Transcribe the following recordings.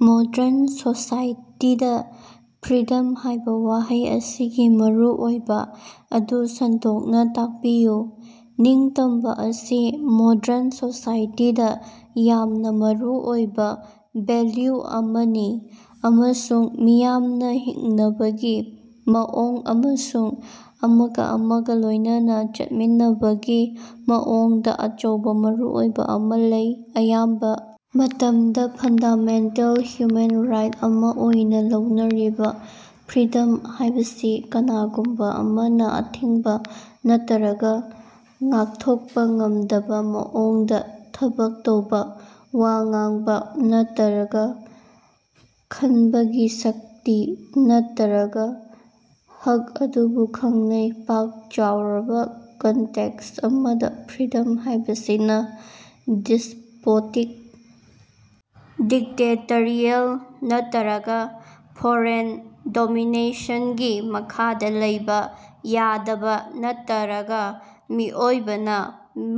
Modern ꯁꯣꯁꯥꯏꯇꯤꯗꯥ freedom ꯍꯥꯏꯕ ꯋꯥꯍꯩ ꯑꯁꯤꯒꯤ ꯃꯔꯨꯑꯣꯏꯕ ꯑꯗꯨ ꯁꯟꯗꯣꯛꯅ ꯇꯥꯛꯄꯤꯌꯨ꯫ ꯅꯤꯡꯇꯝꯕ ꯑꯁꯤ ꯃꯣꯗ꯭ꯔꯟ ꯁꯣꯁꯥꯏꯇꯤꯗꯥ ꯌꯥꯝꯅ ꯃꯔꯨꯑꯣꯏꯕ ꯚꯦꯂ꯭ꯌꯨ ꯑꯃꯅꯤ, ꯑꯃꯁꯨꯡ ꯃꯤꯌꯥꯝꯅ ꯍꯤꯡꯅꯕꯒꯤ ꯃꯑꯣꯡ ꯑꯃꯁꯨꯡ ꯑꯃꯒꯥ ꯑꯃꯒꯥ ꯂꯣꯏꯅꯅꯥ ꯆꯠꯃꯤꯟꯅꯕꯒꯤ ꯃꯑꯣꯡꯗ ꯑꯆꯧꯕ ꯃꯔꯨꯑꯣꯏꯕ ꯑꯃ ꯂꯩ꯫ ꯑꯌꯥꯝꯕ ꯃꯇꯝꯗ ꯐꯟꯗꯥꯃꯦꯟꯇꯦꯜ ꯍ꯭ꯌꯨꯃꯦꯟ ꯔꯥꯏꯠ ꯑꯃ ꯑꯣꯏꯅ ꯂꯧꯅꯔꯤꯕ ꯐ꯭ꯔꯤꯗꯝ ꯍꯥꯏꯕꯁꯤ ꯀꯅꯥꯒꯨꯝꯕ ꯑꯃꯅ ꯑꯊꯤꯡꯕ ꯅꯠꯇꯔꯒ ꯉꯥꯛꯊꯣꯛꯄ ꯉꯝꯗꯕ ꯃꯑꯣꯡꯗ ꯊꯕꯛ ꯇꯧꯕ, ꯋꯥ ꯉꯥꯡꯕ ꯅꯠꯇꯔꯒ ꯈꯟꯕꯒꯤ ꯁꯛꯇꯤ ꯅꯠꯇꯔꯒ ꯍꯛ ꯑꯗꯨꯕꯨ ꯈꯪꯅꯩ꯫ ꯄꯥꯛ-ꯆꯥꯎꯔꯕ ꯀꯟꯇꯦꯛꯁ ꯑꯃꯗ, ꯐ꯭ꯔꯤꯗꯝ ꯍꯥꯏꯕꯁꯤꯅ ꯗꯤꯁ꯭ꯄꯣꯇꯤꯛ, ꯗꯤꯛꯇꯦꯇꯔꯤꯌꯦꯜ ꯅꯠꯇꯔꯒ ꯐꯣꯔꯦꯟ ꯗꯣꯃꯤꯅꯦꯁꯟꯒꯤ ꯃꯈꯥꯗ ꯂꯩꯕ ꯌꯥꯗꯕ ꯅꯠꯇꯔꯒ ꯃꯤꯑꯣꯏꯕꯅ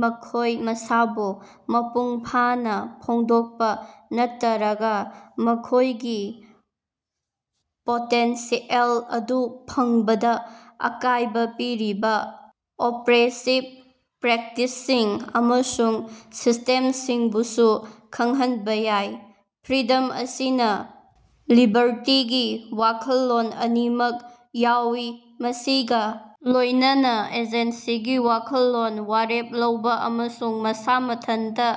ꯃꯈꯣꯏ ꯃꯁꯥꯕꯨ ꯃꯄꯨꯡꯐꯥꯅ ꯐꯣꯡꯗꯣꯛꯄ ꯅꯠꯇꯔꯒ ꯃꯈꯣꯏꯒꯤ ꯄꯣꯇꯦꯟꯁꯤꯑꯦꯜ ꯑꯗꯨ ꯐꯪꯕꯗ ꯑꯀꯥꯏꯕ ꯄꯤꯔꯤꯕ ꯑꯣꯄ꯭ꯔꯦꯁꯤꯚ ꯄ꯭ꯔꯦꯛꯇꯤꯁꯁꯤꯡ ꯑꯃꯁꯨꯡ ꯁꯤꯁꯇꯦꯝꯁꯤꯡꯕꯨꯁꯨ ꯈꯪꯍꯟꯕ ꯌꯥꯏ꯫ ꯐ꯭ꯔꯤꯗꯝ ꯑꯁꯤꯅ ꯂꯤꯕꯔꯇꯤꯒꯤ ꯋꯥꯈꯜꯂꯣꯟ ꯑꯅꯤꯃꯛ ꯌꯥꯎꯏ, ꯃꯁꯤꯒ ꯂꯣꯏꯅꯅꯥ ꯑꯦꯖꯦꯟꯁꯤꯒꯤ ꯋꯥꯈꯜꯂꯣꯟ ꯋꯥꯔꯦꯞ ꯂꯧꯕ ꯑꯃꯁꯨꯡ ꯃꯁꯥ ꯃꯊꯟꯇ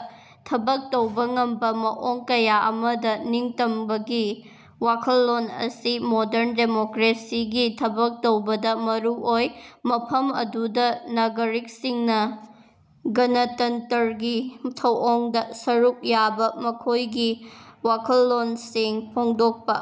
ꯊꯕꯛ ꯇꯧꯕ ꯉꯝꯕ ꯃꯑꯣꯡ ꯀꯌꯥ ꯑꯃꯗ, ꯅꯤꯡꯇꯝꯕꯒꯤ ꯋꯥꯈꯜꯂꯣꯟ ꯑꯁꯤ ꯃꯣꯗꯔꯟ ꯗꯦꯃꯣꯀ꯭ꯔꯦꯁꯤꯒꯤ ꯊꯕꯛ ꯇꯧꯕꯗ ꯃꯔꯨ ꯑꯣꯏ, ꯃꯐꯝ ꯑꯗꯨꯗ ꯅꯥꯒꯔꯤꯛꯁꯤꯡꯅ ꯒꯅꯇꯟꯇꯔꯒꯤ ꯊꯧꯑꯣꯡꯗ ꯁꯔꯨꯛ ꯌꯥꯕ, ꯃꯈꯣꯏꯒꯤ ꯋꯥꯈꯜꯂꯣꯟꯁꯤꯡ ꯐꯣꯡꯗꯣꯛꯄ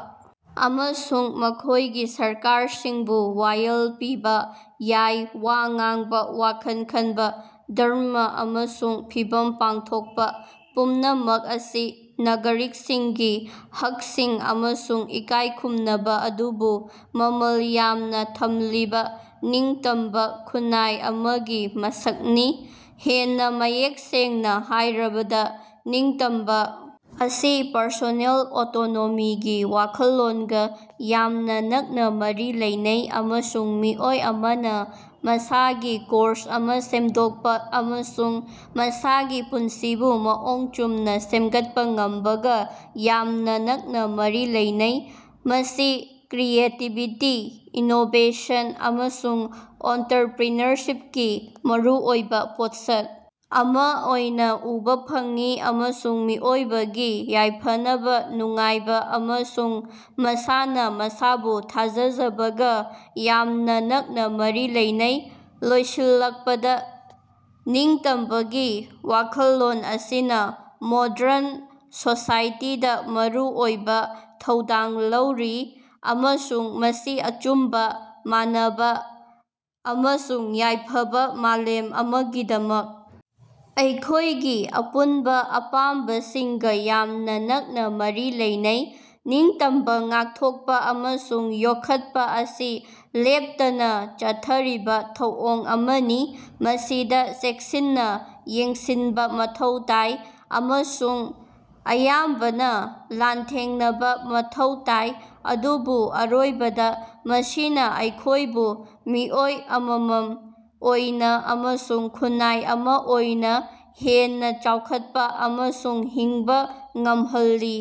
ꯑꯃꯁꯨꯡ ꯃꯈꯣꯏꯒꯤ ꯁꯔꯀꯥꯔꯁꯤꯡꯕꯨ ꯋꯥꯌꯦꯜ ꯄꯤꯕ ꯌꯥꯏ꯫ ꯋꯥ ꯉꯥꯡꯕ, ꯋꯥꯈꯜ ꯈꯟꯕ, ꯙꯔꯝꯃ ꯑꯃꯁꯨꯡ ꯃꯤꯐꯝ ꯄꯥꯡꯊꯣꯛꯄ ꯄꯨꯝꯅꯃꯛ ꯑꯁꯤ ꯅꯥꯒꯔꯤꯛꯁꯤꯡꯒꯤ ꯍꯛꯁꯤꯡ ꯑꯃꯁꯨꯡ ꯏꯀꯥꯏꯈꯨꯝꯅꯕ ꯑꯗꯨꯕꯨ ꯃꯃꯜ ꯌꯥꯝꯅ ꯊꯝꯂꯤꯕ ꯅꯤꯡꯇꯝꯕ ꯈꯨꯟꯅꯥꯏ ꯑꯃꯒꯤ ꯃꯁꯛꯅꯤ꯫ ꯍꯦꯟꯅ ꯃꯌꯦꯛ ꯁꯦꯡꯅ ꯍꯥꯏꯔꯕꯗ, ꯅꯤꯡꯇꯝꯕ ꯑꯁꯤ ꯄꯔꯁꯣꯅꯦꯜ ꯑꯣꯇꯣꯅꯣꯃꯤꯒꯤ ꯋꯥꯈꯜꯂꯣꯟꯒ ꯌꯥꯝꯅ ꯅꯛꯅ ꯃꯔꯤ ꯂꯩꯅꯩ, ꯑꯃꯁꯨꯡ ꯃꯤꯑꯣꯏ ꯑꯃꯅ ꯃꯁꯥꯒꯤ ꯀꯣꯔꯁ ꯑꯃ ꯁꯦꯝꯗꯣꯛꯄ ꯑꯃꯁꯨꯡ ꯃꯁꯥꯒꯤ ꯄꯨꯟꯁꯤꯕꯨ ꯃꯑꯣꯡ ꯆꯨꯝꯅ ꯁꯦꯝꯒꯠꯄ ꯉꯝꯕꯒ ꯌꯥꯝꯅ ꯅꯛꯅꯥ ꯃꯔꯤ ꯂꯩꯅꯩ꯫ ꯃꯁꯤ ꯀ꯭ꯔꯤꯌꯦꯇꯤꯕꯤꯇꯤ, ꯏꯅꯣꯕꯦꯁꯟ, ꯑꯃꯁꯨꯡ ꯑꯣꯟꯇꯔꯄ꯭ꯔꯤꯅꯔꯁꯤꯞꯀꯤ ꯃꯔꯨꯑꯣꯏꯕ ꯄꯣꯠꯁꯛ ꯑꯃ ꯑꯣꯏꯅ ꯎꯕꯥ ꯐꯪꯏ, ꯑꯃꯁꯨꯡ ꯃꯤꯑꯣꯏꯕꯒꯤ ꯌꯥꯏꯐꯅꯕ, ꯅꯨꯡꯉꯥꯏꯕ ꯑꯃꯁꯨꯡ ꯃꯁꯥꯅ ꯃꯁꯥꯕꯨ ꯊꯥꯖꯖꯕꯒ ꯌꯥꯝꯅ ꯅꯛꯅ ꯃꯔꯤ ꯂꯩꯅꯩ꯫ ꯂꯣꯏꯁꯤꯜꯂꯛꯄꯗ, ꯅꯤꯡꯇꯝꯕꯒꯤ ꯋꯥꯈꯜꯂꯣꯟ ꯑꯁꯤꯅ ꯃꯣꯗ꯭ꯔꯟ ꯁꯣꯁꯥꯏꯇꯤꯗ ꯃꯔꯨꯑꯣꯏꯕ ꯊꯧꯗꯥꯡ ꯂꯧꯔꯤ, ꯑꯃꯁꯨꯡ ꯃꯁꯤ ꯑꯆꯨꯝꯕ, ꯃꯥꯟꯅꯕ ꯑꯃꯁꯨꯡ ꯌꯥꯏꯐꯕꯥ ꯃꯥꯂꯦꯝ ꯑꯃꯒꯤꯗꯃꯛ ꯑꯩꯈꯣꯏꯒꯤ ꯑꯄꯨꯟꯕ ꯑꯄꯥꯝꯕꯁꯤꯡꯒ ꯌꯥꯝꯅ ꯅꯛꯅꯥ ꯃꯔꯤ ꯂꯩꯅꯩ꯫ ꯅꯤꯡꯇꯝꯕꯥ ꯉꯥꯛꯊꯣꯛꯄ ꯑꯃꯁꯨꯡ ꯌꯣꯛꯈꯠꯄ ꯑꯁꯤ ꯂꯦꯞꯇꯅꯥ ꯆꯠꯊꯔꯤꯕ ꯊꯧꯑꯣꯡ ꯑꯃꯅꯤ ꯃꯁꯤꯗ ꯆꯦꯛꯁꯤꯟꯅ ꯌꯦꯡꯁꯤꯟꯕ ꯃꯊꯧ ꯇꯥꯏ, ꯑꯃꯁꯨꯡ ꯑꯌꯥꯝꯕꯅ, ꯂꯥꯟꯊꯦꯡꯅꯕꯥ ꯃꯊꯧ ꯇꯥꯏ, ꯑꯗꯨꯕꯨ ꯑꯔꯣꯏꯕꯗ ꯃꯁꯤꯅ ꯑꯩꯈꯣꯏꯕꯨ ꯃꯤꯑꯣꯏ ꯑꯃꯃꯝ ꯑꯣꯏꯅ ꯑꯃꯁꯨꯡ ꯈꯨꯟꯅꯥꯏ ꯑꯃ ꯑꯣꯏꯅ ꯍꯦꯟꯅ ꯆꯥꯎꯈꯠꯄ ꯑꯃꯁꯨꯡ ꯍꯤꯡꯕ ꯉꯝꯍꯜꯂꯤ꯫